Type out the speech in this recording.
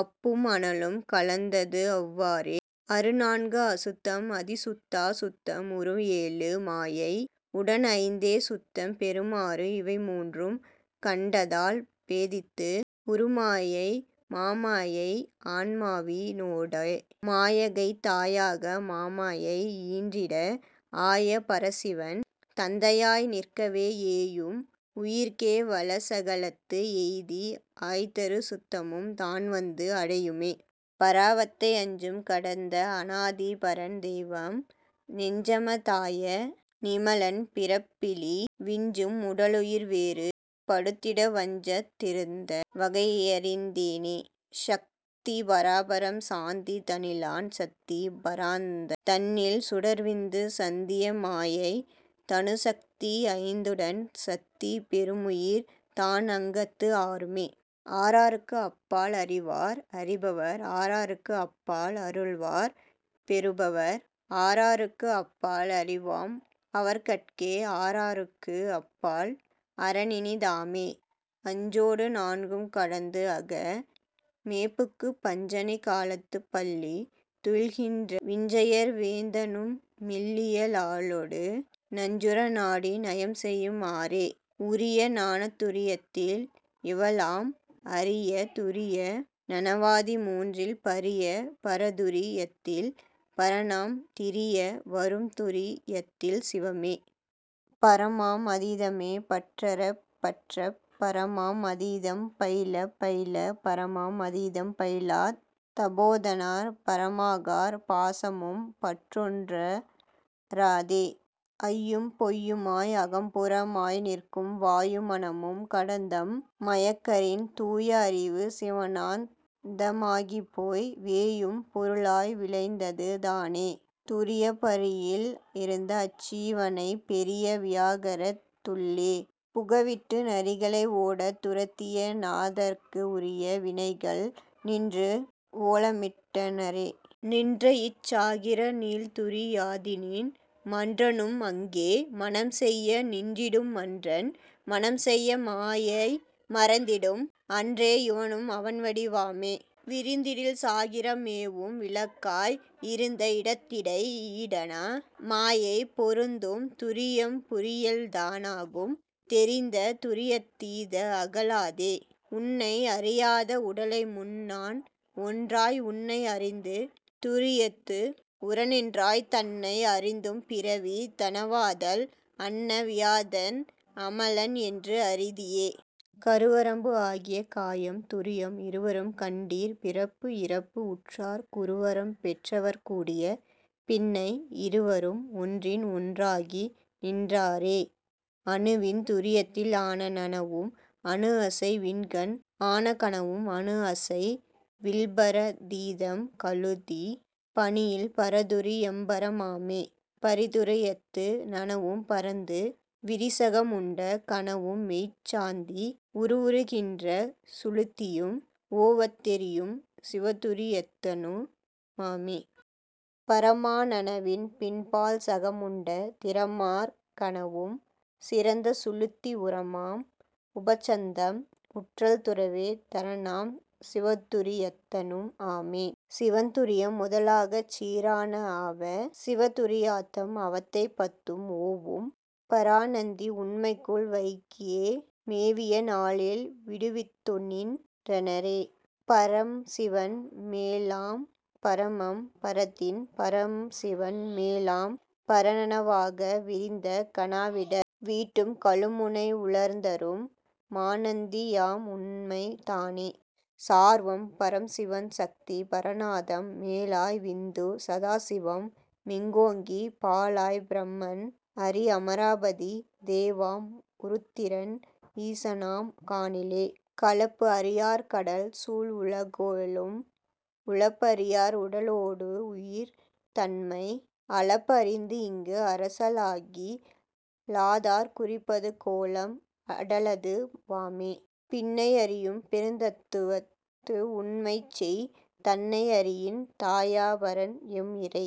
அப்பும் அனலும் கலந்ததுஅவ் வாறே. அறுநான்கு அசுத்தம் அதிசுத்தா சுத்தம் உறும்ஏழு மாயை உடன்ஐந்தே சுத்தம் பெறுமாறு இவைமூன்றும் கண்டத்தால் பேதித்து உறும்மாயை மாமாயை ஆன்மாவி னோடே. மாயைகைத் தாயாக மாமாயை ஈன்றிட ஆய பரசிவன் தந்தையாய் நிற்கவே ஏயும் உயிர்க்கே வலசகலத்து எய்தி ஆய்தரு சுத்தமும் தான்வந்து அடையுமே.. பராவத்தை அஞ்சும் கடந்த அனாதி பரன்தெய்வம் நெஞ்சம தாய நிமலன் பிறப்பிலி விஞ்சும் உடலுயிர் வேறு படுத்திட வஞ்சத் திருந்த வகையறிந் தேனே. சத்தி பராபரம் சாந்தி தனிலான சத்தி பரானந்தம் தன்னில் சுடர்விந்து சத்திய மாயை தனுச்சத்தி ஐந்துடன் சத்தி பெறுமுயிர் தான்அங்கத்து ஆறுமே. ஆறாறுக்கு அப்பால் அறிவார் அறிபவர் ஆறாறுக்கு அப்பால் அருளார் பெறுபவர் ஆறாறுக்கு அப்பால் அறிவாம் அவர்கட்கே ஆறாறுக்கு அப்பால் அரன்இனி தாமே. அஞ்சொடு நான்கும் கடந்துஅக மேபுக்குப் பஞ்சணி காலத்துப் பள்ளி துயில்கின்ற விஞ்சையர் வேந்தனும் மெல்லிய லாளொடு நஞ்சுற நாடி நயம்செய்யு மாறே. உரிய நனாத்துரி யத்தில் இவளாம் அரிய துரிய நனவாதி மூன்றில் பரிய பரதுரி யத்தில் பரனாம் திரிய வரும்துரி யத்தில் சிவமே. பரமாம் அதீதமே பற்றறப் பற்றப் பரமாம் அதீதம் பயிலப் பயிலப் பரமாம் அதீதம் பயிலாத் தபோதனார் பரமாகார் பாசமும் பற்றொன்றுஅ றாதே. ஆயும்பொய்ம் மாயை அகம்புற மாய்நிற்கும் வாயு மனமும் கடந்துஅம் மயக்கறின் தூய அறிவு சிவானந்த மாகிப்போய் வேயும் பொருளாய் விளைந்தது தானே. துரியப் பரியில் இருந்தஅச் சீவனைப் பெரிய வியாக்கிரத் துள்ளே புகவிட்டு நரிகளை ஓடத் துரத்திய நாதர்க்கு உரிய வினைகள் நின்று ஓலமிட் டன்றே. நின்றஇச் சாக்கிர நீள்துரி யத்தினின் மன்றனும் அங்கே மணம்செய்ய நின்றிடும் மன்றன் மணம்செய்ய மாயை மறைந்திடும் அன்றே இவனும் அவன்வடி வாமே. விரிந்திடில் சாக்கிரம் மேவும் விளக்காய் இருந்த இடத்திடை ஈடான மாயை பொருந்தும் துரியம் புரியல்தா னாகும் தெரிந்த துரியத்துத் தீதுஅக லாதே. உன்னை அறியாது உடலைமுன் நான்ஒன்றாய் உன்னை அறிந்து துரியத்து உறநின்றாய் தன்னை அறிந்தும் பிறவி தணவாதால் அன்ன வியாத்தன் அமலன் என்று அறிதியே. கருவரம்பு ஆகிய காயம் துரியம் இருவரும் கண்டீர் பிறப்புஇறப்பு உற்றார் குருவரம் பெற்றவர் கூடிய பின்னை இருவரும் இன்றிஒன் றாகி நின் றாரே. அணுவின் துரியத்தில் ஆன நனவும் அணுஅசை வின்கண் ஆனகனவும் அணுஅசை வில்பரா தீதம் கழுத்தி பணியில் பரதுரி யம்பர மாமே. பரதுரி யத்து நனவும் பரந்து விரிசகம் உண்ட கனவும்மெய்ச் சாந்தி உருவுறு கின்ற சுழுத்தியும் ஓவத் தெரியும் சிவதுரி யத்தனு மாமே. பரமா நனவின்பின் பால்சக முண்ட திரமார் கனவும் சிறந்த சுழுத்தி உரமாம் உபசாந்தம் உற்றல் துறவே தரனாம் சிவதுரி யத்தனும் ஆமே. சீவன் துரியம் முதலாகச் சீரான ஆவ சிவன்துரி யாந்தம் அவத்தைபத்தும் ஓவும் பராநந்தி உண்மைக்குள் வைகியே மேவிய நாலேழ் விடுவித்துநின் றானே. பரம்சிவன் மேலாம் பரமம் பரத்தில் பரம்சிவன் மேலாம் பரநனவாக விரிந்த கனாவிடர் வீட்டும் கழுமுனை உரந்தரும் மாநந்தி யாம்உண்மை தானே. சார்வாம் பரம்சிவன் சத்தி பரநாதம் மேலாய விந்து சதாசிவம் மிக்கோங்கிப் பாலாய்ப் பிரமன் அரிஅம ராபதி தேவாம் உருத்திரன் ஈசனாம் காணிலே. கலப்புஅறி யார்கடல் சூழ்உல கேழும் உலப்புஅறி யார்உட லோடுஉயிர் தன்மை அலப்புஅறிந்து இங்குஅர சாளகி லாதார் குறிப்பது கோலம் அடலது வாமே. பின்னை அறியும் பெருந்தவத்து உண்மைசெய் தன்னை அறியில் தயாபரன் எம்இறை